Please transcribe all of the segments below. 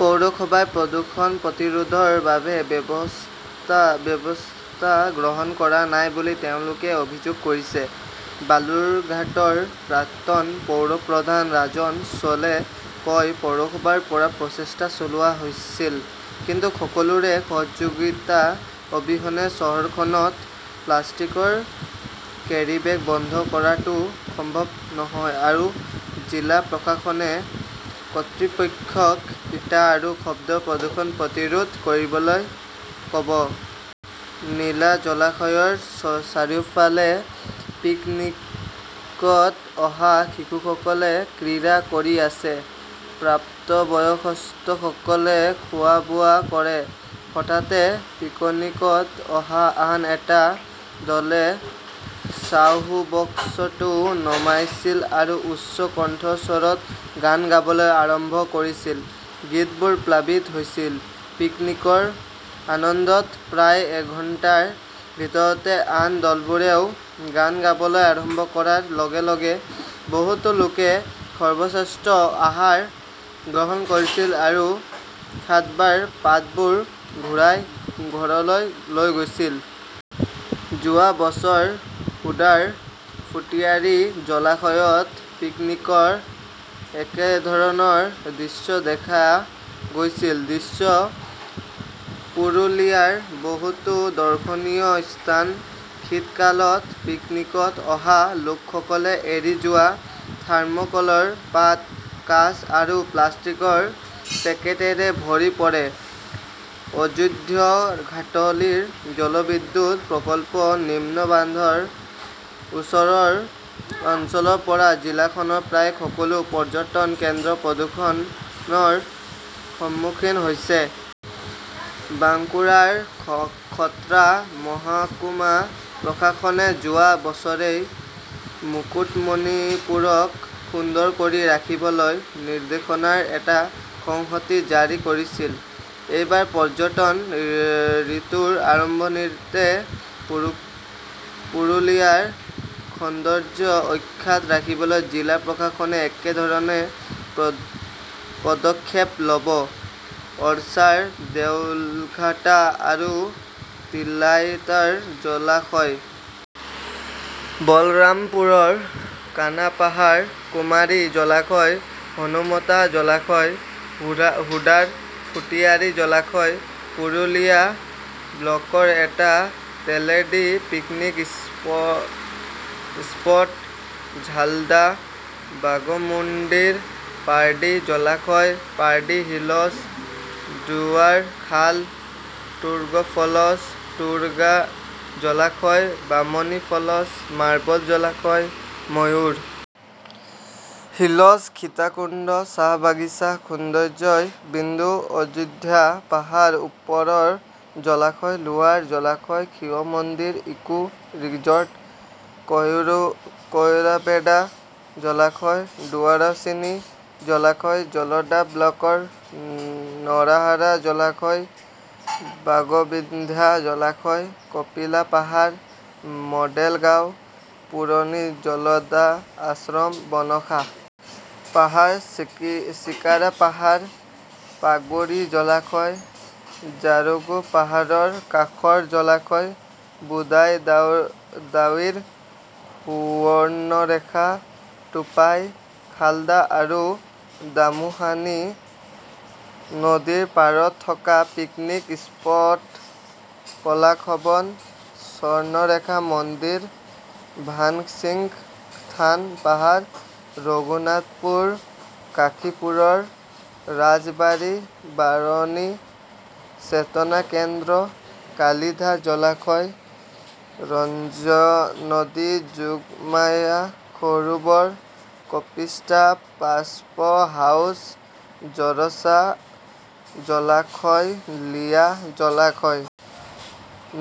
পৌৰসভাই প্ৰদূষণ প্ৰতিৰোধৰ বাবে ব্যৱস্থা গ্ৰহণ কৰা নাই বুলি তেওঁলোকে অভিযোগ কৰিছে। বালুৰঘাটৰ প্ৰাক্তন পৌৰ প্ৰধান ৰাজন শ্বিলে কয়, "পৌৰসভাৰ পৰা প্ৰচেষ্টা চলোৱা হৈছিল, কিন্তু সকলোৰে সহযোগিতা অবিহনে চহৰখনত প্লাষ্টিকৰ কেৰিবেগ বন্ধ কৰাটো সম্ভৱ নহয় আৰু জিলা প্ৰশাসনে কৰ্তৃপক্ষক ইটা আৰু শব্দ প্ৰদূষণ প্ৰতিৰোধ কৰিবলৈ ক'ব"। নীলা জলাশয়ৰ চাৰিওফালে পিকনীকত অহা শিশুসকলে ক্ৰীড়া কৰি আছে। প্ৰাপ্তবয়স্কসকলে খোৱা-বোৱা কৰে। হঠাতে পিকনীকত অহা আন এটা দলে ছাউণ্ডবক্সটো নমাইছিল আৰু উচ্চ কণ্ঠস্বৰত গান গাবলৈ আৰম্ভ কৰিছিল। গীতবোৰ প্লাবিত হৈছিল, পিকনিকৰ আনন্দত। প্ৰায় এঘণ্টাৰ ভিতৰতে আন দলবোৰেও গান গাবলৈ আৰম্ভ কৰাৰ লগে লগে, বহুতো লোকে সৰ্বশ্ৰেষ্ঠ আহাৰ গ্ৰহণ কৰিছিল আৰু সাতবাৰ পাতবোৰ ঘূৰাই ঘৰলৈ লৈ গৈছিল। যোৱা বছৰ হুডাৰ ফুটিয়াৰী জলাশয়ত পিকনীকৰ একেধৰণৰ দৃশ্য দেখা গৈছিল। দৃশ্য -পুৰুলিয়াৰ বহুতো দৰ্শনীয় স্থান শীতকালত পিকনীকত অহা লোকসকলে এৰি যোৱা থাৰ্মোকলৰ পাত, কাঁচ আৰু প্লাষ্টিকৰ পেকেটেৰে ভৰি পৰে। অযোধ্যাঘাটলীৰ জলবিদ্যুৎ প্ৰকল্পৰ নিম্ন বান্ধৰ ওচৰৰ অঞ্চলৰ পৰা জিলাখনৰ প্ৰায় সকলো পৰ্যটন কেন্দ্ৰ প্ৰদূষণৰ সন্মুখীন হৈছে। বাঙ্কুৰাৰ খত্ৰা মহকুমা প্ৰশাসনে যোৱা বছৰেই মুকুটমণিপুৰক সুন্দৰ কৰি ৰাখিবলৈ নিৰ্দেশনাৰ এটা সংহতি জাৰি কৰিছিল। এইবাৰ পৰ্যটন ঋতুৰ আৰম্ভণিতে পুৰুলিয়াৰ সৌন্দৰ্য অক্ষত ৰাখিবলৈ জিলা প্ৰশাসনে একেধৰণৰ পদক্ষেপ ল'ব। অৰছাৰ দেউলঘাটা আৰু তিলাইতাৰ জলাশয়, বলৰামপুৰৰ কানা পাহাৰ, কুমাৰী জলাশয়, হনুমতা জলাশয়, হুডাৰ ফুটিয়াৰী জলাশয়, পুৰুলিয়া ব্লকৰ এটা তেলেডি পিকনিক স্পট, ঝালদা, বাগমুণ্ডীৰ পাৰ্ডি জলাশয়, পাৰ্ডি হিলছ, ডুৱাৰী খাল, টুৰ্গা ফলছ, টুৰ্গা জলাশয়, বামনী ফলছ, মাৰ্বল জলাশয়, ময়ূৰ হিলছ, সীতাকুণ্ড, চাহ বাগিচা, সূৰ্যোদয় বিন্দু, অযোধ্যা পাহাৰৰ ওপৰৰ জলাশয়, লোৱাৰ জলাশয়, শিৱ মন্দিৰ, ইকো-ৰিজৰ্ট, কয়ৰাবেদা জলাশয়, ডুৱাৰচিনি জলাশয়, জলদা ব্লকৰ নৰাহাৰা জলাশয়, বাগবিন্ধ্যা জলাশয়, কপিলা পাহাৰ, মডেল গাঁও, পুৰণি জলদা আশ্ৰম, বনসা পাহাৰ, চিকাৰা পাহাৰ, পাণ্ডৰী জলাশয়, জাৰগো পাহাৰৰ কাষৰ জলাশয়, বুদাই দাৱিৰ, সুবৰ্ণৰেখা, টুপাই, শালদা আৰু দামোহানী নদীৰ পাৰত থকা পিকনিক স্পট, পলাশবন, স্বৰ্ণৰেখা মন্দিৰ, ভানসিং থান পাহাৰ, ৰঘুনাথপুৰ, কাশীপুৰৰ ৰাজবাৰী, বাৰণী চেতনা কেন্দ্ৰ, কালিধা জলাশয়, ৰঞ্জনদী যোগমায়া সৰোবৰ, কপিষ্টা পাম্প হাউচ, জৰছা জলাশয়, লিয়া জলাশয়।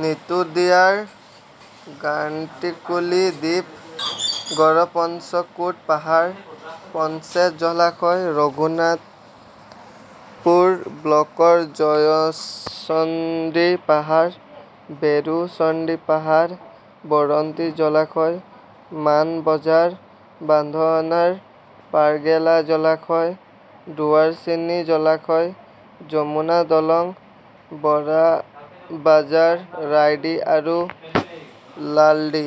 নিতুডিয়াৰ গান্টিকুলি দ্বীপ, গড়পঞ্চকোট পাহাৰ, পাঞ্চেত জলাশয়, ৰঘুনাথপুৰ ব্লকৰ জয়চণ্ডী পাহাৰ, বেৰো চণ্ডী পাহাৰ, বৰন্তী জলাশয়, মান বজাৰ, বান্ধৱানৰ পাৰ্গেলা জলাশয়, ডুৱাৰচিনি জলাশয়, যমুনা দলং, বৰাবাজৰৰ ৰাইডি আৰু লালডি।